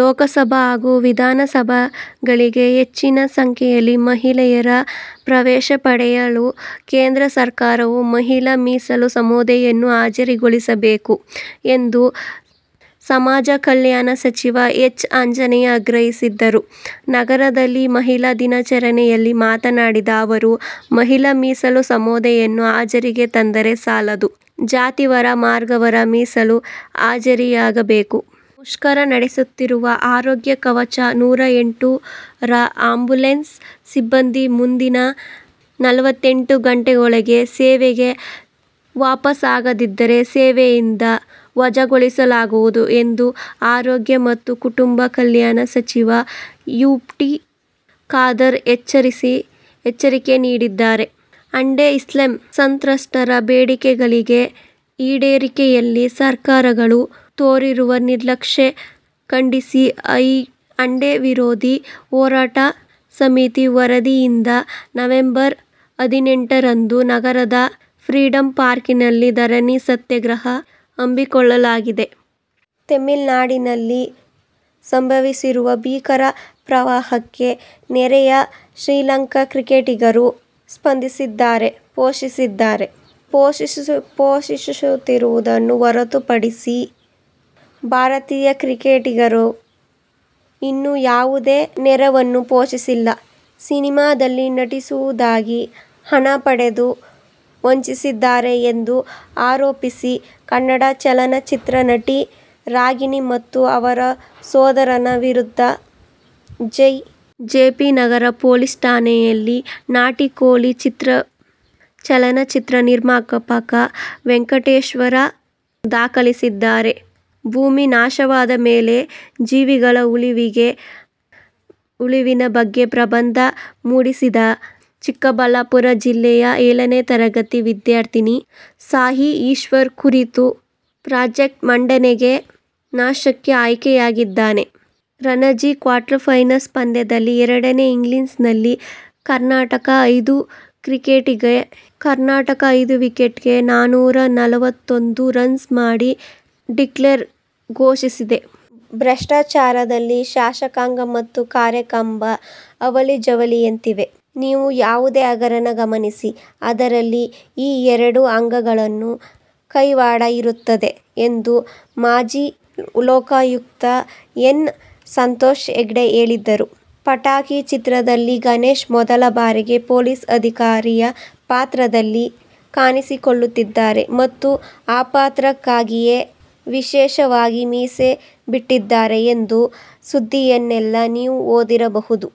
ಲೋಕಸಭೆ ಹಾಗೂ ವಿಧಾನಸಭೆಗಳಿಗೆ ಹೆಚ್ಚಿನ ಸಂಖ್ಯೆಯಲ್ಲಿ ಮಹಿಳೆಯರು ಪ್ರವೇಶಪಡೆಯಲು ಕೇಂದ್ರ ಸರ್ಕಾರ ಮಹಿಳಾ ಮೀಸಲು ಮಸೂದೆಯನ್ನು ಜಾರಿಗೊಳಿಸಬೇಕು ಎಂದುಸಮಾಜಕಲ್ಯಾಣ ಸಚಿವ ಎಚ್. ಆಂಜನೇಯ ಆಗ್ರಹಿಸಿದರು. ನಗರದಲ್ಲಿ ಮಹಿಳಾ ದಿನಾಚರಣೆಯಲ್ಲಿ ಮಾತನಾಡಿದ ಅವರು, ಮಹಿಳಾ ಮೀಸಲು ಮಸೂದೆಯನ್ನು ಜಾರಿಗೆ ತಂದರೆ ಸಾಲದು, ಜಾತಿವಾರು, ವರ್ಗವಾರು ಮೀಸಲು ಜಾರಿಯಾಗಬೇಕು. ಮುಷ್ಕರ ನಡೆಸುತ್ತಿರುವ ಆರೋಗ್ಯ ಕವಚ ನೂರಾ ಎಂಟು ರ ಆಂಬ್ಯುಲೆನ್ಸ್ ಸಿಬ್ಬಂದಿ ಮುಂದಿನ ನಲ್ವತ್ತೆಂಟು ಗಂಟೆಗಳೊಳಗೆ ಸೇವೆಗೆ ವಾಪಸಾಗದಿದ್ದರೆ ಸೇವೆಯಿಂದ ವಜಾಗೊಳಿಸಲಾಗುವುದು ಎಂದು ಆರೋಗ್ಯ ಮತ್ತು ಕುಟುಂಬ ಕಲ್ಯಾಣ ಸಚಿವ ಯು. ಟಿ. ಖಾದರ್ ಎಚ್ಚರಿಕೆ ನೀಡಿದ್ದಾರೆ. ಎಂಡೋ ಸಲ್ಫಾನ್ ಸಂತ್ರಸ್ಥರ ಬೇಡಿಕೆಗಳನ್ನು ಈಡೇರಿಕೆಯಲ್ಲಿ ಸರ್ಕಾರಗಳು ತೋರಿರುವ ನಿರ್ಲಕ್ಷ್ಯ ಖಂಡಿಸಿ ಎಂಡೋ ವಿರೋಧಿ ಹೋರಾಟ ಸಮಿತಿ ವತಿಯಿಂದ ನವೆಂಬರ್ ಹದಿನೆಂಟು ರಂದು ನಗರದ ಫ್ರೀಡಂ ಪಾರ್ಕ್ನಲ್ಲಿ ಧರಣಿ ಸತ್ಯಾಗ್ರಹ ಹಮ್ಮಿಕೊಳ್ಳಲಾಗಿದೆ. ತಮಿಳುನಾಡಿನಲ್ಲಿ ಸಂಭವಿಸಿರುವ ಭೀಕರ ಪ್ರವಾಹಕ್ಕೆ ನೆರೆಯ ಶ್ರೀಲಂಕಾ ಕ್ರಿಕೆಟಿಗರು ಸ್ಪಂದಿಸಿದ್ದಾರೆ. ಘೋಷಿಸಿದ್ದಾರೆ. ಘೋಷಿಸಿರುವುದನ್ನು ಹೊರತುಪಡಿಸಿದರೆ ಭಾರತೀಯ ಕ್ರಿಕೆಟಿಗರೇ ಇನ್ನೂ ಯಾವುದೇ ನೆರವನ್ನು ಘೋಷಿಸಿಲ್ಲ. ಸಿನಿಮಾದಲ್ಲಿ ನಟಿಸುವುದಾಗಿ ಹಣ ಪಡೆದು ವಂಚಿಸಿದ್ದಾರೆ ಎಂದು ಆರೋಪಿಸಿ ಕನ್ನಡ ಚಲನಚಿತ್ರ ನಟಿ ರಾಗಿಣಿ ಹಾಗೂ ಅವರ ಸೋದರನ ವಿರುದ್ಧ ಜೆ. ಪಿ. ನಗರ ಪೊಲೀಸ್ ಠಾಣೆಯಲ್ಲಿ ನಾಟಿಕೋಳಿ ಚಲನಚಿತ್ರ ನಿರ್ಮಾಪಕ ವೆಂಕಟೇಶ್ದೂರು ದಾಖಲಿಸಿದ್ದಾರೆ. ಭೂಮಿ ನಾಶವಾದ ಮೇಲೆ ಜೀವಿಗಳ ಉಳಿವಿನ ಬಗ್ಗೆ ಪ್ರಬಂಧ ಮಂಡಿಸಿದ್ದ ಚಿಕ್ಕಬಳ್ಳಾಪುರ ಜಿಲ್ಲೆಯ ಏಳನೇ ತರಗತಿ ವಿದ್ಯಾರ್ಥಿ ಸಾಯಿ ಈಶ್ವರ್ ಈ ಕುರಿತ ಪ್ರಾಜೆಕ್ಟ್ ಮಂಡನೆಗೆ ನಾಸಾಕ್ಕೆ ಆಯ್ಕೆಯಾಗಿದ್ದಾನೆ. ರಣಜಿ ಕ್ವಾರ್ಟರ್ಫೈನಲ್ ಪಂದ್ಯದ ಎರಡನೇ ಇನ್ನಿಂಗ್ಸ್ನಲ್ಲಿ ಕರ್ನಾಟಕ ಐದು ವಿಕೆಟಿಗೆ ನನ್ನೂರ ನಲವತ್ತೊಂದು ರನ್ ಮಾಡಿ ಡಿಕ್ಲೇರ್ ಘೋಷಿಸಿದೆ. ಭ್ರಷ್ಟಾಚಾರದಲ್ಲಿ ಶಾಸಕಾಂಗ ಮತ್ತು ಕಾರ್ಯಾಂಗ ಅವಳಿ- ಜವಳಿಯಂತಿವೆ. ನೀವು ಯಾವುದೇ ಹಗರಣ ಗಮನಿಸಿ, ಅದರಲ್ಲಿ ಈ ಎರಡು ಅಂಗಗಳ ಕೈವಾಡ ಇರುತ್ತದೆ ಎಂದು ಮಾಜಿ ಲೋಕಾಯುಕ್ತ ನ್ಯಾ ಎನ್. ಸಂತೋಷ್ ಹೆಗ್ಡೆ ಹೇಳಿದ್ದಾರೆ. 'ಪಟಾಕಿ' ಚಿತ್ರದಲ್ಲಿ ಗಣೇಶ್ ಮೊದಲ ಬಾರಿಗೆ ಪೊಲೀಸ್ ಅಧಿಕಾರಿಯ ಪಾತ್ರದಲ್ಲಿ ಕಾಣಿಸಿಕೊಳ್ಳುತ್ತಿದ್ದಾರೆ ಮತ್ತು ಆ ಪಾತ್ರಕ್ಕಾಗಿಯೇ ವಿಶೇಷವಾಗಿ ಮೀಸೆ ಬಿಟ್ಟಿದ್ದಾರೆ ಎಂಬ ಸುದ್ದಿಯನ್ನೆಲ್ಲಾ ನೀವು ಓದಿರಬಹುದು.